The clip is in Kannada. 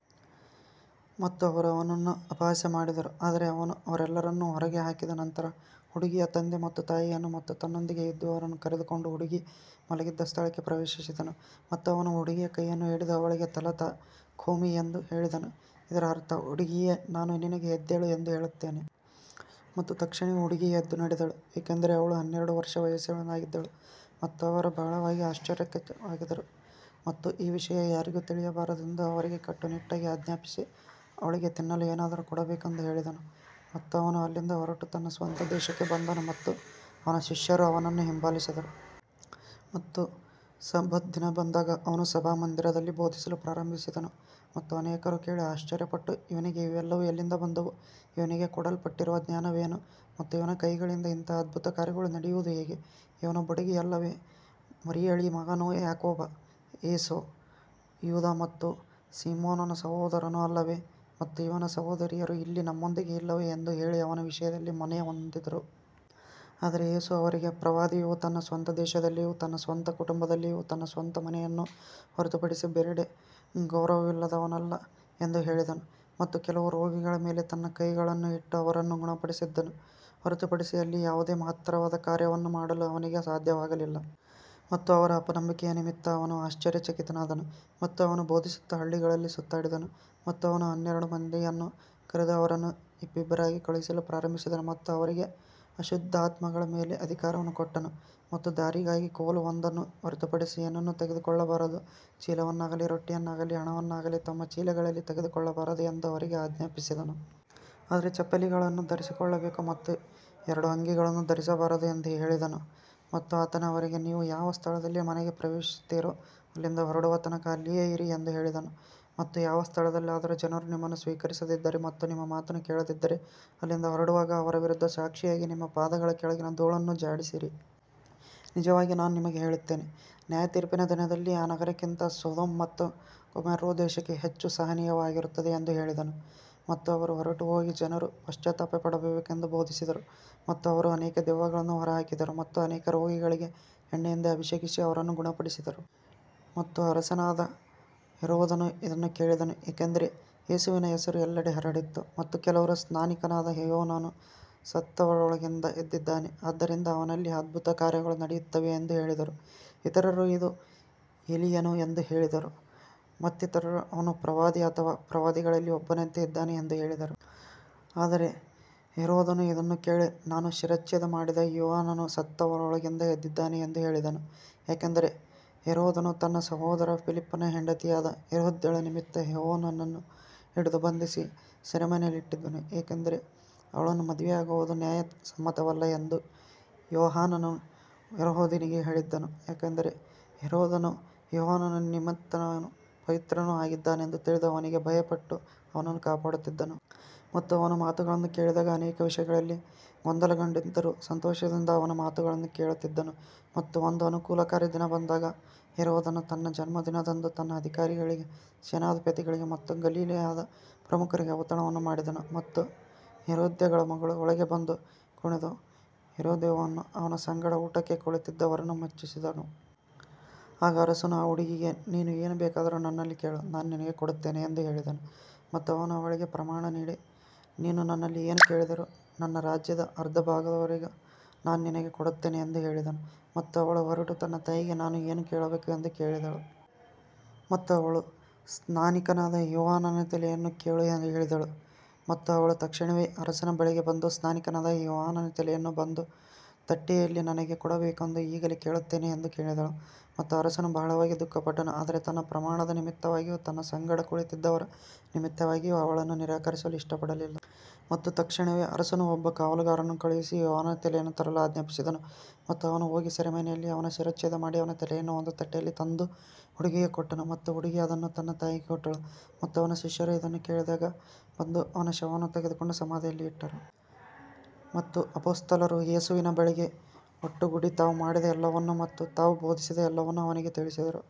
ಮತ್ತು ಅವರು ಅವನನ್ನು ಅಪಹಾಸ್ಯ ಮಾಡಿದರು. ಆದರೆ ಅವನು ಅವರೆಲ್ಲರನ್ನೂ ಹೊರಗೆ ಹಾಕಿದ ನಂತರ ಹುಡುಗಿಯ ತಂದೆ ಮತ್ತು ತಾಯಿಯನ್ನು ಮತ್ತು ತನ್ನೊಂದಿಗೆ ಇದ್ದವರನ್ನು ಕರೆದುಕೊಂಡು ಹುಡುಗಿ ಮಲಗಿದ್ದ ಸ್ಥಳಕ್ಕೆ ಪ್ರವೇಶಿಸಿದನು. ಮತ್ತು ಅವನು ಹುಡುಗಿಯ ಕೈಯನ್ನು ಹಿಡಿದು ಅವಳಿಗೆ, ತಲಿಥಾ ಕೂಮಿ ಎಂದು ಹೇಳಿದನು, ಇದರ ಅರ್ಥ, ಹುಡುಗಿಯೇ, ನಾನು ನಿನಗೆ ಎದ್ದೇಳು ಎಂದು ಹೇಳುತ್ತೇನೆ. ಮತ್ತು ತಕ್ಷಣವೇ ಹುಡುಗಿ ಎದ್ದು ನಡೆದಳು, ಏಕೆಂದರೆ ಅವಳು ಹನ್ನೆರಡು ವರ್ಷ ವಯಸ್ಸಿನವಳಾಗಿದ್ದಳು ಮತ್ತು ಅವರು ಬಹಳವಾಗಿ ಆಶ್ಚರ್ಯಚಕಿತರಾದರು. ಮತ್ತು ಈ ವಿಷಯ ಯಾರಿಗೂ ತಿಳಿಯಬಾರದೆಂದು ಅವರಿಗೆ ಕಟ್ಟುನಿಟ್ಟಾಗಿ ಆಜ್ಞಾಪಿಸಿ, ಅವಳಿಗೆ ತಿನ್ನಲು ಏನಾದರೂ ಕೊಡಬೇಕೆಂದು ಹೇಳಿದನು. ಮತ್ತು ಅವನು ಅಲ್ಲಿಂದ ಹೊರಟು ತನ್ನ ಸ್ವಂತ ದೇಶಕ್ಕೆ ಬಂದನು ಮತ್ತು ಅವನ ಶಿಷ್ಯರು ಅವನನ್ನು ಹಿಂಬಾಲಿಸಿದರು. ಮತ್ತು ಸಬ್ಬತ್ ದಿನ ಬಂದಾಗ ಅವನು ಸಭಾಮಂದಿರದಲ್ಲಿ ಬೋಧಿಸಲು ಪ್ರಾರಂಭಿಸಿದನು. ಮತ್ತು ಅನೇಕರು ಕೇಳಿ ಆಶ್ಚರ್ಯಪಟ್ಟು, ಇವನಿಗೆ ಇವೆಲ್ಲವೂ ಎಲ್ಲಿಂದ ಬಂದವು, ಇವನಿಗೆ ಕೊಡಲ್ಪಟ್ಟಿರುವ ಜ್ಞಾನವೇನು, ಮತ್ತು ಇವನ ಕೈಗಳಿಂದ ಇಂತಹ ಅದ್ಭುತ ಕಾರ್ಯಗಳು ನಡೆಯುವುದು ಹೇಗೆ, ಇವನು ಬಡಗಿ ಅಲ್ಲವೇ, ಮರಿಯಳ ಮಗನೂ ಯಾಕೋಬ, ಯೋಸೇ, ಯೂದ ಮತ್ತು ಸೀಮೋನನ ಸಹೋದರನೂ ಅಲ್ಲವೇ, ಮತ್ತು ಇವನ ಸಹೋದರಿಯರು ಇಲ್ಲಿ ನಮ್ಮೊಂದಿಗೆ ಇಲ್ಲವೇ ಎಂದು ಹೇಳಿ ಅವನ ವಿಷಯದಲ್ಲಿ ಮನನೊಂದರು. ಆದರೆ ಯೇಸು ಅವರಿಗೆ, ಪ್ರವಾದಿಯು ತನ್ನ ಸ್ವಂತ ದೇಶದಲ್ಲಿಯೂ ತನ್ನ ಸ್ವಂತ ಕುಟುಂಬದಲ್ಲಿಯೂ ತನ್ನ ಸ್ವಂತ ಮನೆಯನ್ನು ಹೊರತುಪಡಿಸಿ ಬೇರೆಡೆ ಗೌರವವಿಲ್ಲದವನಲ್ಲ ಎಂದು ಹೇಳಿದನು. ಮತ್ತು ಕೆಲವು ರೋಗಿಗಳ ಮೇಲೆ ತನ್ನ ಕೈಗಳನ್ನು ಇಟ್ಟು ಅವರನ್ನು ಗುಣಪಡಿಸಿದ್ದನ್ನು ಹೊರತುಪಡಿಸಿ ಅಲ್ಲಿ ಯಾವುದೇ ಮಹತ್ತರವಾದ ಕಾರ್ಯವನ್ನು ಮಾಡಲು ಅವನಿಗೆ ಸಾಧ್ಯವಾಗಲಿಲ್ಲ. ಮತ್ತು ಅವರ ಅಪನಂಬಿಕೆಯ ನಿಮಿತ್ತ ಅವನು ಆಶ್ಚರ್ಯಚಕಿತನಾದನು. ಮತ್ತು ಅವನು ಬೋಧಿಸುತ್ತಾ ಹಳ್ಳಿಗಳಲ್ಲಿ ಸುತ್ತಾಡಿದನು. ಮತ್ತು ಅವನು ಹನ್ನೆರಡು ಮಂದಿಯನ್ನು ಕರೆದು ಅವರನ್ನು ಇಬ್ಬಿಬ್ಬರಾಗಿ ಕಳುಹಿಸಲು ಪ್ರಾರಂಭಿಸಿದನು ಮತ್ತು ಅವರಿಗೆ ಅಶುದ್ಧಾತ್ಮಗಳ ಮೇಲೆ ಅಧಿಕಾರವನ್ನು ಕೊಟ್ಟನು. ಮತ್ತು ದಾರಿಗಾಗಿ ಕೋಲು ಒಂದನ್ನು ಹೊರತುಪಡಿಸಿ ಏನನ್ನೂ ತೆಗೆದುಕೊಳ್ಳಬಾರದು, ಚೀಲವನ್ನಾಗಲಿ ರೊಟ್ಟಿಯನ್ನಾಗಲಿ ಹಣವನ್ನಾಗಲಿ ತಮ್ಮ ಚೀಲಗಳಲ್ಲಿ ತೆಗೆದುಕೊಳ್ಳಬಾರದು ಎಂದು ಅವರಿಗೆ ಆಜ್ಞಾಪಿಸಿದನು. ಆದರೆ ಚಪ್ಪಲಿಗಳನ್ನು ಧರಿಸಿಕೊಳ್ಳಬೇಕು ಮತ್ತು ಎರಡು ಅಂಗಿಗಳನ್ನು ಧರಿಸಬಾರದು ಎಂದು ಹೇಳಿದನು. ಮತ್ತು ಆತನು ಅವರಿಗೆ, ನೀವು ಯಾವ ಸ್ಥಳದಲ್ಲಿ ಮನೆಗೆ ಪ್ರವೇಶಿಸುತ್ತೀರೋ, ಅಲ್ಲಿಂದ ಹೊರಡುವ ತನಕ ಅಲ್ಲಿಯೇ ಇರಿ ಎಂದು ಹೇಳಿದನು. ಮತ್ತು ಯಾವ ಸ್ಥಳದಲ್ಲಾದರೂ ಜನರು ನಿಮ್ಮನ್ನು ಸ್ವೀಕರಿಸದಿದ್ದರೆ ಮತ್ತು ನಿಮ್ಮ ಮಾತನ್ನು ಕೇಳದಿದ್ದರೆ, ಅಲ್ಲಿಂದ ಹೊರಡುವಾಗ ಅವರ ವಿರುದ್ಧ ಸಾಕ್ಷಿಯಾಗಿ ನಿಮ್ಮ ಪಾದಗಳ ಕೆಳಗಿನ ಧೂಳನ್ನು ಝಾಡಿಸಿರಿ. ನಿಜವಾಗಿ ನಾನು ನಿಮಗೆ ಹೇಳುತ್ತೇನೆ, ನ್ಯಾಯತೀರ್ಪಿನ ದಿನದಲ್ಲಿ ಆ ನಗರಕ್ಕಿಂತ ಸೊದೋಮ್ ಮತ್ತು ಗೊಮೊರ್ರಾ ದೇಶಕ್ಕೆ ಹೆಚ್ಚು ಸಹನೀಯವಾಗಿರುತ್ತದೆ ಎಂದು ಹೇಳಿದನು. ಮತ್ತು ಅವರು ಹೊರಟುಹೋಗಿ ಜನರು ಪಶ್ಚಾತ್ತಾಪಪಡಬೇಕೆಂದು ಬೋಧಿಸಿದರು. ಮತ್ತು ಅವರು ಅನೇಕ ದೆವ್ವಗಳನ್ನು ಹೊರಹಾಕಿದರು ಮತ್ತು ಅನೇಕ ರೋಗಿಗಳಿಗೆ ಎಣ್ಣೆಯಿಂದ ಅಭಿಷೇಕಿಸಿ ಅವರನ್ನು ಗುಣಪಡಿಸಿದರು. ಮತ್ತು ಅರಸನಾದ ಹೆರೋದನು ಇದನ್ನು ಕೇಳಿದನು, ಏಕೆಂದರೆ ಯೇಸುವಿನ ಹೆಸರು ಎಲ್ಲೆಡೆ ಹರಡಿತ್ತು. ಮತ್ತು ಕೆಲವರು, ಸ್ನಾನಿಕನಾದ ಯೋಹಾನನು ಸತ್ತವರೊಳಗಿಂದ ಎದ್ದಿದ್ದಾನೆ, ಆದ್ದರಿಂದ ಅವನಲ್ಲಿ ಅದ್ಭುತ ಕಾರ್ಯಗಳು ನಡೆಯುತ್ತವೆ ಎಂದು ಹೇಳಿದರು. ಇತರರು, ಇದು ಎಲೀಯನು ಎಂದು ಹೇಳಿದರು. ಮತ್ತಿತರರು, ಅವನು ಪ್ರವಾದಿ ಅಥವಾ ಪ್ರವಾದಿಗಳಲ್ಲಿ ಒಬ್ಬನಂತೆ ಇದ್ದಾನೆ ಎಂದು ಹೇಳಿದರು. ಆದರೆ ಹೆರೋದನು ಇದನ್ನು ಕೇಳಿ, ನಾನು ಶಿರಚ್ಛೇದ ಮಾಡಿದ ಯೋಹಾನನು ಸತ್ತವರೊಳಗಿಂದ ಎದ್ದಿದ್ದಾನೆ ಎಂದು ಹೇಳಿದನು. ಯಾಕಂದರೆ ಹೆರೋದನು ತನ್ನ ಸಹೋದರ ಫಿಲಿಪ್ಪನ ಹೆಂಡತಿಯಾದ ಹೆರೋದ್ಯಳ ನಿಮಿತ್ತ ಯೋಹಾನನನ್ನು ಹಿಡಿದು ಬಂಧಿಸಿ ಸೆರೆಮನೆಯಲ್ಲಿಟ್ಟಿದ್ದನು, ಏಕೆಂದರೆ ಅವಳನ್ನು ಮದುವೆಯಾಗುವುದು ನ್ಯಾಯಸಮ್ಮತವಲ್ಲ ಎಂದು ಯೋಹಾನನು ಹೆರೋದನಿಗೆ ಹೇಳಿದ್ದನು. ಯಾಕಂದರೆ ಹೆರೋದನು ಯೋಹಾನನು ನೀತಿವಂತನೂ ಪವಿತ್ರನೂ ಆಗಿದ್ದಾನೆಂದು ತಿಳಿದು ಅವನಿಗೆ ಭಯಪಟ್ಟು ಅವನನ್ನು ಕಾಪಾಡುತ್ತಿದ್ದನು. ಮತ್ತು ಅವನ ಮಾತುಗಳನ್ನು ಕೇಳಿದಾಗ ಅನೇಕ ವಿಷಯಗಳಲ್ಲಿ ಗೊಂದಲಗೊಂಡಿದ್ದರೂ ಸಂತೋಷದಿಂದ ಅವನ ಮಾತುಗಳನ್ನು ಕೇಳುತ್ತಿದ್ದನು. ಮತ್ತು ಒಂದು ಅನುಕೂಲಕರ ದಿನ ಬಂದಾಗ, ಹೆರೋದನು ತನ್ನ ಜನ್ಮದಿನದಂದು ತನ್ನ ಅಧಿಕಾರಿಗಳಿಗೆ, ಸೇನಾಧಿಪತಿಗಳಿಗೆ ಮತ್ತು ಗಲಿಲಾಯದ ಪ್ರಮುಖರಿಗೆ ಔತಣವನ್ನು ಮಾಡಿದನು. ಮತ್ತು ಹೆರೋದ್ಯಳ ಮಗಳು ಒಳಗೆ ಬಂದು ಕುಣಿದು ಹೆರೋದನನ್ನೂ ಅವನ ಸಂಗಡ ಊಟಕ್ಕೆ ಕುಳಿತಿದ್ದವರನ್ನೂ ಮೆಚ್ಚಿಸಿದಳು. ಆಗ ಅರಸನು ಆ ಹುಡುಗಿಗೆ, ನೀನು ಏನು ಬೇಕಾದರೂ ನನ್ನಲ್ಲಿ ಕೇಳು, ನಾನು ನಿನಗೆ ಕೊಡುತ್ತೇನೆ ಎಂದು ಹೇಳಿದನು. ಮತ್ತು ಅವನು ಅವಳಿಗೆ ಪ್ರಮಾಣಮಾಡಿ, ನೀನು ನನ್ನಲ್ಲಿ ಏನು ಕೇಳಿದರೂ ನನ್ನ ರಾಜ್ಯದ ಅರ್ಧಭಾಗದವರೆಗೂ ನಾನು ನಿನಗೆ ಕೊಡುತ್ತೇನೆ ಎಂದು ಹೇಳಿದನು. ಮತ್ತು ಅವಳು ಹೊರಟು ತನ್ನ ತಾಯಿಗೆ, ನಾನು ಏನು ಕೇಳಬೇಕು ಎಂದು ಕೇಳಿದಳು. ಮತ್ತು ಅವಳು, ಸ್ನಾನಿಕನಾದ ಯೋಹಾನನ ತಲೆಯನ್ನು ಕೇಳು ಎಂದು ಹೇಳಿದಳು. ಮತ್ತು ಅವಳು ತಕ್ಷಣವೇ ಅರಸನ ಬಳಿಗೆ ಬಂದು, ಸ್ನಾನಿಕನಾದ ಯೋಹಾನನ ತಲೆಯನ್ನು ಒಂದು ತಟ್ಟೆಯಲ್ಲಿ ನನಗೆ ಕೊಡಬೇಕೆಂದು ಈಗಲೇ ಕೇಳುತ್ತೇನೆ ಎಂದು ಕೇಳಿದಳು. ಮತ್ತು ಅರಸನು ಬಹಳವಾಗಿ ದುಃಖಪಟ್ಟನು, ಆದರೆ ತನ್ನ ಪ್ರಮಾಣದ ನಿಮಿತ್ತವಾಗಿಯೂ ತನ್ನ ಸಂಗಡ ಕುಳಿತಿದ್ದವರ ನಿಮಿತ್ತವಾಗಿಯೂ ಅವಳನ್ನು ನಿರಾಕರಿಸಲು ಇಷ್ಟಪಡಲಿಲ್ಲ. ಮತ್ತು ತಕ್ಷಣವೇ ಅರಸನು ಒಬ್ಬ ಕಾವಲುಗಾರನನ್ನು ಕಳುಹಿಸಿ ಯೋಹಾನನ ತಲೆಯನ್ನು ತರಲು ಆಜ್ಞಾಪಿಸಿದನು. ಮತ್ತು ಅವನು ಹೋಗಿ ಸೆರೆಮನೆಯಲ್ಲಿ ಅವನ ಶಿರಚ್ಛೇದ ಮಾಡಿ ಅವನ ತಲೆಯನ್ನು ಒಂದು ತಟ್ಟೆಯಲ್ಲಿ ತಂದು ಹುಡುಗಿಗೆ ಕೊಟ್ಟನು. ಮತ್ತು ಹುಡುಗಿ ಅದನ್ನು ತನ್ನ ತಾಯಿಗೆ ಕೊಟ್ಟಳು. ಮತ್ತು ಅವನ ಶಿಷ್ಯರು ಇದನ್ನು ಕೇಳಿದಾಗ ಬಂದು ಅವನ ಶವವನ್ನು ತೆಗೆದುಕೊಂಡು ಸಮಾಧಿಯಲ್ಲಿ ಇಟ್ಟರು. ಮತ್ತು ಅಪೊಸ್ತಲರು ಯೇಸುವಿನ ಬಳಿಗೆ ಒಟ್ಟುಗೂಡಿ ತಾವು ಮಾಡಿದ ಎಲ್ಲವನ್ನೂ ಮತ್ತು ತಾವು ಬೋಧಿಸಿದ ಎಲ್ಲವನ್ನೂ ಅವನಿಗೆ ತಿಳಿಸಿದರು.